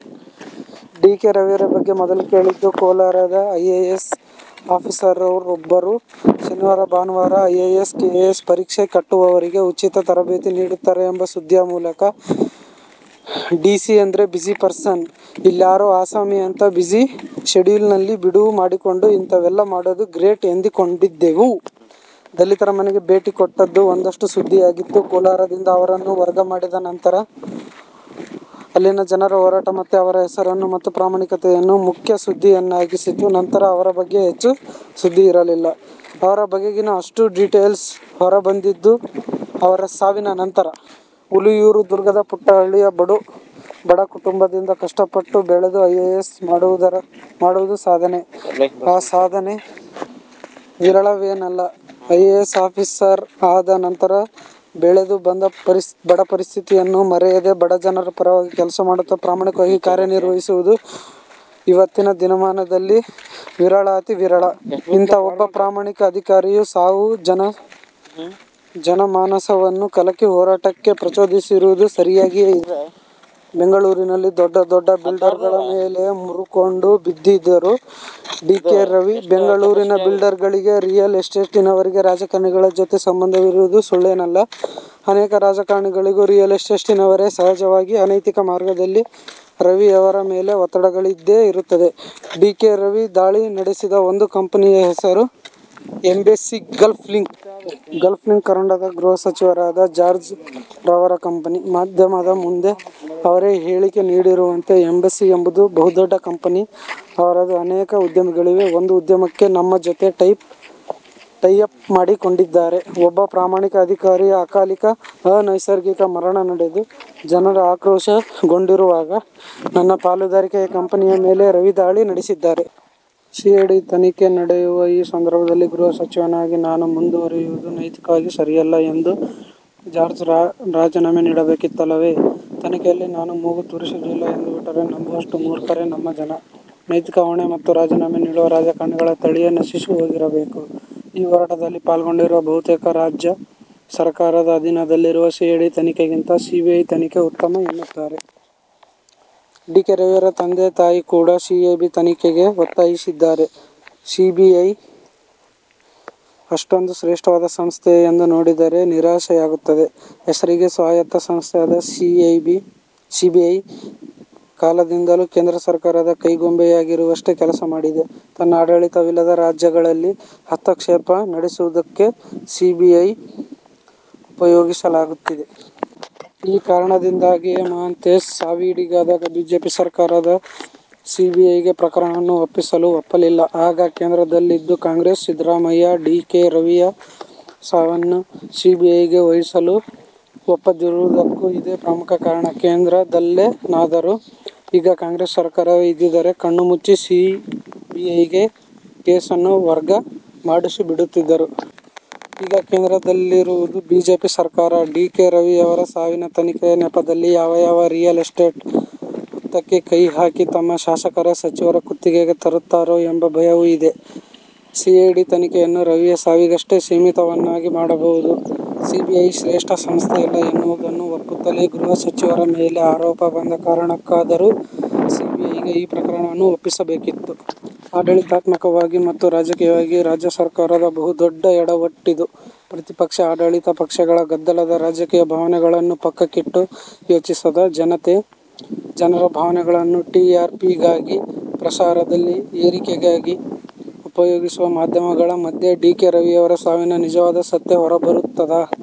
D. K. ರವಿಯವರ ಬಗ್ಗೆ ಮೊದಲು ಕೇಳಿದ್ದು ಕೋಲಾರದ ಐಎಎಸ್ ಆಫೀಸರ್ರೊಬ್ಬರು ಶನಿವಾರ ಭಾನುವಾರ ಐಎಎಸ್ ಕೆಎಎಸ್ ಪರೀಕ್ಷೆ ಕಟ್ಟುವವರಿಗೆ ಉಚಿತ ತರಬೇತಿ ನೀಡುತ್ತಾರೆ ಎಂಬ ಸುದ್ದಿಯ ಮೂಲಕ. ಡಿಸಿ ಅಂದ್ರೆ ಬ್ಯುಸಿ ಪರ್ಸನ್, ಇಲ್ಯಾರೋ ಆಸಾಮಿ ಅಂಥ ಬ್ಯುಸಿ ಶೆಡ್ಯೂಲಿನಲ್ಲೂ ಬಿಡುವು ಮಾಡಿಕೊಂಡು ಇಂತವೆಲ್ಲ ಮಾಡೋದು ಗ್ರೇಟ್ ಎಂದುಕೊಂಡಿದ್ದೆವು. ದಲಿತರ ಮನೆಗೆ ಭೇಟಿ ಕೊಟ್ಟದ್ದು ಒಂದಷ್ಟು ಸುದ್ದಿಯಾಗಿತ್ತು. ಕೋಲಾರದಿಂದ ಅವರನ್ನು ವರ್ಗ ಮಾಡಿದ ನಂತರ ಅಲ್ಲಿನ ಜನರ ಹೋರಾಟ ಮತ್ತೆ ಅವರ ಹೆಸರನ್ನು ಮತ್ತು ಪ್ರಾಮಾಣಿಕತೆಯನ್ನು ಮುಖ್ಯಸುದ್ದಿಯನ್ನಾಗಿಸಿತ್ತು. ನಂತರ ಅವರ ಬಗ್ಗೆ ಹೆಚ್ಚು ಸುದ್ದಿಯಿರಲಿಲ್ಲ. ಅವರ ಬಗೆಗಿನ ಅಷ್ಟೂ ಡೀಟೇಲ್ಸ್ ಹೊರಬಂದಿದ್ದು ಅವರ ಸಾವಿನ ನಂತರ. ಹುಲಿಯೂರುದುರ್ಗದ ಪುಟ್ಟ ಹಳ್ಳಿಯ ಬಡಕುಟುಂಬದಿಂದ ಕಷ್ಟಪಟ್ಟು ಬೆಳೆದು ಐಎಎಸ್ ಮಾಡುವುದು ಸಾಧನೆ, ಆ ಸಾಧನೆ ವಿರಳವೇನಲ್ಲ. ಐಎಎಸ್ ಆಫೀಸರ್ ಆದ ನಂತರ ಬೆಳೆದು ಬಂದ ಬಡಪರಿಸ್ಥಿತಿಯನ್ನು ಮರೆಯದೆ ಬಡಜನರ ಪರವಾಗಿ ಕೆಲಸ ಮಾಡುತ್ತ ಪ್ರಾಮಾಣಿಕನಾಗಿ ಕಾರ್ಯನಿರ್ವಹಿಸುವುದು ಇವತ್ತಿನ ದಿನಮಾನದಲ್ಲಿ ವಿರಳಾತಿ ವಿರಳ. ಇಂಥ ಒಬ್ಬ ಪ್ರಾಮಾಣಿಕ ಅಧಿಕಾರಿಯ ಸಾವು ಜನಮಾನಸವನ್ನು ಕಲಕಿ ಹೋರಾಟಕ್ಕೆ ಪ್ರಚೋದಿಸಿರುವುದು ಸರಿಯಾಗಿಯೇ ಬೆಂಗಳೂರಿನಲ್ಲಿ ದೊಡ್ಡ ದೊಡ್ಡ ಬಿಲ್ಡರುಗಳ ಮೇಲೆ ಮುರಕೊಂಡು ಬಿದ್ದಿದ್ದರು ಡಿ. ಕೆ. ರವಿ. ಬೆಂಗಳೂರಿನ ಬಿಲ್ಡರುಗಳಿಗೆ, ರಿಯಲ್ ಎಸ್ಟೇಟಿನವರಿಗೆ ರಾಜಕಾರಣಿಗಳ ಜೊತೆ ಸಂಬಂಧವಿರುವುದು ಸುಳ್ಳೇನಲ್ಲ. ಅನೇಕ ರಾಜಕಾರಣಿಗಳೂ ರಿಯಲ್ ಎಸ್ಟೇಟಿನವರೇ. ಸಹಜವಾಗಿ ಅನೈತಿಕ ಮಾರ್ಗದಲ್ಲಿ ರವಿಯವರ ಮೇಲೆ ಒತ್ತಡಗಳಿದ್ದೇ ಇರುತ್ತದೆ. ಡಿ. ಕೆ. ರವಿ ದಾಳಿ ನಡೆಸಿದ ಒಂದು ಕಂಪನಿಯ ಹೆಸರು Embassy Gulf Link. Gulf Links ಕರ್ನಾಟಕದ ಗೃಹಸಚಿವರಾದ ಜಾರ್ಜ್ ರವರ ಕಂಪನಿ. ಮಾಧ್ಯಮದ ಮುಂದೆ ಅವರೇ ಹೇಳಿಕೆ ನೀಡಿರುವಂತೆ 'ಎಂಬೆಸ್ಸಿ ಎಂಬುದು ಬಹುದೊಡ್ಡ ಕಂಪನಿ. ಅವರದು ಅನೇಕ ಉದ್ಯಮಗಳಿವೆ. ಒಂದು ಉದ್ಯಮಕ್ಕೆ ನಮ್ಮ ಜೊತೆ ಟೈಅಪ್ ಮಾಡಿಕೊಂಡಿದ್ದಾರೆ'. ಒಬ್ಬ ಪ್ರಾಮಾಣಿಕ ಅಧಿಕಾರಿಯ ಅಕಾಲಿಕ ಅನೈಸರ್ಗಿಕ ಮರಣ ನಡೆದು ಜನರು ಆಕ್ರೋಶಗೊಂಡಿರುವಾಗ 'ನನ್ನ ಪಾಲುದಾರಿಕೆಯ ಕಂಪನಿಯ ಮೇಲೆ ರವಿ ದಾಳಿ ನಡೆಸಿದ್ದಾರೆ. ಸಿಐಡಿ ತನಿಖೆ ನಡೆಯುವ ಈ ಸಂದರ್ಭದಲ್ಲಿ ಗೃಹಸಚಿವನಾಗಿ ನಾನು ಮುಂದುವರೆಯುವುದು ನೈತಿಕವಾಗಿ ಸರಿಯಲ್ಲ' ಎಂದು ಜಾರ್ಜ್ ರಾಜೀನಾಮೆ ನೀಡಬೇಕಿತ್ತಲ್ಲವೇ? ತನಿಖೆಯಲ್ಲಿ ನಾನು ಮೂಗು ತೂರಿಸುವುದಿಲ್ಲ ಎಂದುಬಿಟ್ಟರೆ ನಂಬುವಷ್ಟು ಮೂರ್ಖರೇ ನಮ್ಮ ಜನ. ನೈತಿಕ ಹೊಣೆ ಹೊತ್ತು ರಾಜೀನಾಮೆ ನೀಡುವ ರಾಜಕಾರಣಿಗಳ ತಳಿಯೇ ನಶಿಸಿಹೋಗಿರಬೇಕು. ಈ ಹೋರಾಟದಲ್ಲಿ ಪಾಲ್ಗೊಂಡಿರುವ ಬಹುತೇಕರು ರಾಜ್ಯ ಸರಕಾರದ ಅಧೀನದಲ್ಲಿರುವ ಸಿಐಡಿ ತನಿಖೆಗಿಂತ ಸಿಬಿಐ ತನಿಖೆ ಉತ್ತಮ ಎನ್ನುತ್ತಾರೆ. ಡಿ. ಕೆ. ರವಿಯವರ ತಂದೆ ತಾಯಿ ಕೂಡ ಸಿಬಿಐ ತನಿಖೆಗೆ ಒತ್ತಾಯಿಸುತ್ತಿದ್ದಾರೆ. ಸಿಬಿಐ ಅಷ್ಟೊಂದು ಶ್ರೇಷ್ಟವಾದ ಸಂಸ್ಥೆಯೇ ಎಂದು ನೋಡಿದರೆ ನಿರಾಶೆಯಾಗುತ್ತದೆ. ಹೆಸರಿಗೆ ಸ್ವಾಯತ್ತ ಸಂಸ್ಥೆಯಾದ ಸಿಬಿಐ ಕಾಲದಿಂದಲೂ ಕೇಂದ್ರ ಸರಕಾರದ ಕೈಗೊಂಬೆಯಾಗಿಯಷ್ಟೇ ಕೆಲಸ ಮಾಡಿದೆ. ತನ್ನ ಆಡಳಿತವಿಲ್ಲದ ರಾಜ್ಯಗಳಲ್ಲಿ ಹಸ್ತಕ್ಷೇಪ ನಡೆಸುವುದಕ್ಕೆ ಸಿಬಿಐ ಉಪಯೋಗಿಸಲಾಗುತ್ತಿದೆ. ಈ ಕಾರಣದಿಂದಾಗಿಯೇ ಮಹಂತೇಶ್ ಸಾವಿಗೀಡಾದಾಗ ಬಿಜೆಪಿ ಸರಕಾರ ಸಿಬಿಐಗೆ ಪ್ರಕರಣವನ್ನು ಒಪ್ಪಿಸಲು ಒಪ್ಪಲಿಲ್ಲ. ಆಗ ಕೇಂದ್ರದಲ್ಲಿದ್ದಿದ್ದು ಕಾಂಗ್ರೆಸ್! ಸಿದ್ಧರಾಮಯ್ಯ ಡಿ. ಕೆ. ರವಿಯ ಸಾವನ್ನು ಸಿಬಿಐಗೆ ವಹಿಸಲು ಒಪ್ಪದಿರುವುದಕ್ಕೂ ಇದೇ ಪ್ರಮುಖ ಕಾರಣ. ಕೇಂದ್ರದಲ್ಲೇನಾದರೂ ಈಗ ಕಾಂಗ್ರೆಸ್ ಸರಕಾರವೇ ಇದ್ದಿದ್ದರೆ ಕಣ್ಣುಮುಚ್ಚಿ ಸಿಬಿಐಗೆ ಕೇಸನ್ನು ವರ್ಗ ಮಾಡಿಬಿಡುತ್ತಿದ್ದರು. ಈಗ ಕೇಂದ್ರದಲ್ಲಿರುವುದು ಬಿಜೆಪಿ ಸರಕಾರ. ಡಿ. ಕೆ. ರವಿಯವರ ಸಾವಿನ ತನಿಖೆಯ ನೆಪದಲ್ಲಿ ಯಾವ ಯಾವ ರಿಯಲ್ ಎಸ್ಟೇಟ್ ಹುತ್ತಕ್ಕೆ ಕೈ ಹಾಕಿ ತಮ್ಮ ಶಾಸಕರ, ಸಚಿವರ ಕುತ್ತಿಗೆಗೆ ತರುತ್ತಾರೋ ಎಂಬ ಭಯವೂ ಇದೆ. ಸಿಐಡಿ ತನಿಖೆಯನ್ನು ರವಿಯ ಸಾವಿಗಷ್ಟೇ ಸೀಮಿತವನ್ನಾಗಿ ಮಾಡಬಹುದು. ಸಿಬಿಐ ಶ್ರೇಷ್ಟ ಸಂಸ್ಥೆಯಲ್ಲ ಎನ್ನುವುದುನ್ನು ಒಪ್ಪುತ್ತಲೇ ಗೃಹಸಚಿವರ ಮೇಲೆ ಆರೋಪ ಬಂದ ಕಾರಣಕ್ಕಾದರೂ ಸಿಬಿಐಗೆ ಈ ಪ್ರಕರಣವನ್ನು ಒಪ್ಪಿಸಬೇಕಿತ್ತು. ಆಡಳಿತಾತ್ಮಕವಾಗಿ ಮತ್ತು ರಾಜಕೀಯವಾಗಿ ರಾಜ್ಯ ಸರಕಾರದ ಬಹುದೊಡ್ಡ ಎಡವಟ್ಟಿದು. ಪ್ರತಿಪಕ್ಷ – ಆಡಳಿತ ಪಕ್ಷಗಳ ಗದ್ದಲದ ರಾಜಕೀಯ, ಭಾವನೆಗಳನ್ನು ಪಕ್ಕಕ್ಕಿಟ್ಟು ಯೋಚಿಸದ ಜನತೆ, ಜನರ ಭಾವನೆಗಳನ್ನು ಟಿ. ಆರ್. ಪಿಗಾಗಿ, ಪ್ರಸಾರದಲ್ಲಿ ಏರಿಕೆಗಾಗಿ ಉಪಯೋಗಿಸುವ ಮಾಧ್ಯಮಗಳ ಮಧ್ಯೆ ಡಿ. ಕೆ. ರವಿಯವರ ಸಾವಿನ ನಿಜವಾದ ಸತ್ಯ ಹೊರಬರುತ್ತದಾ?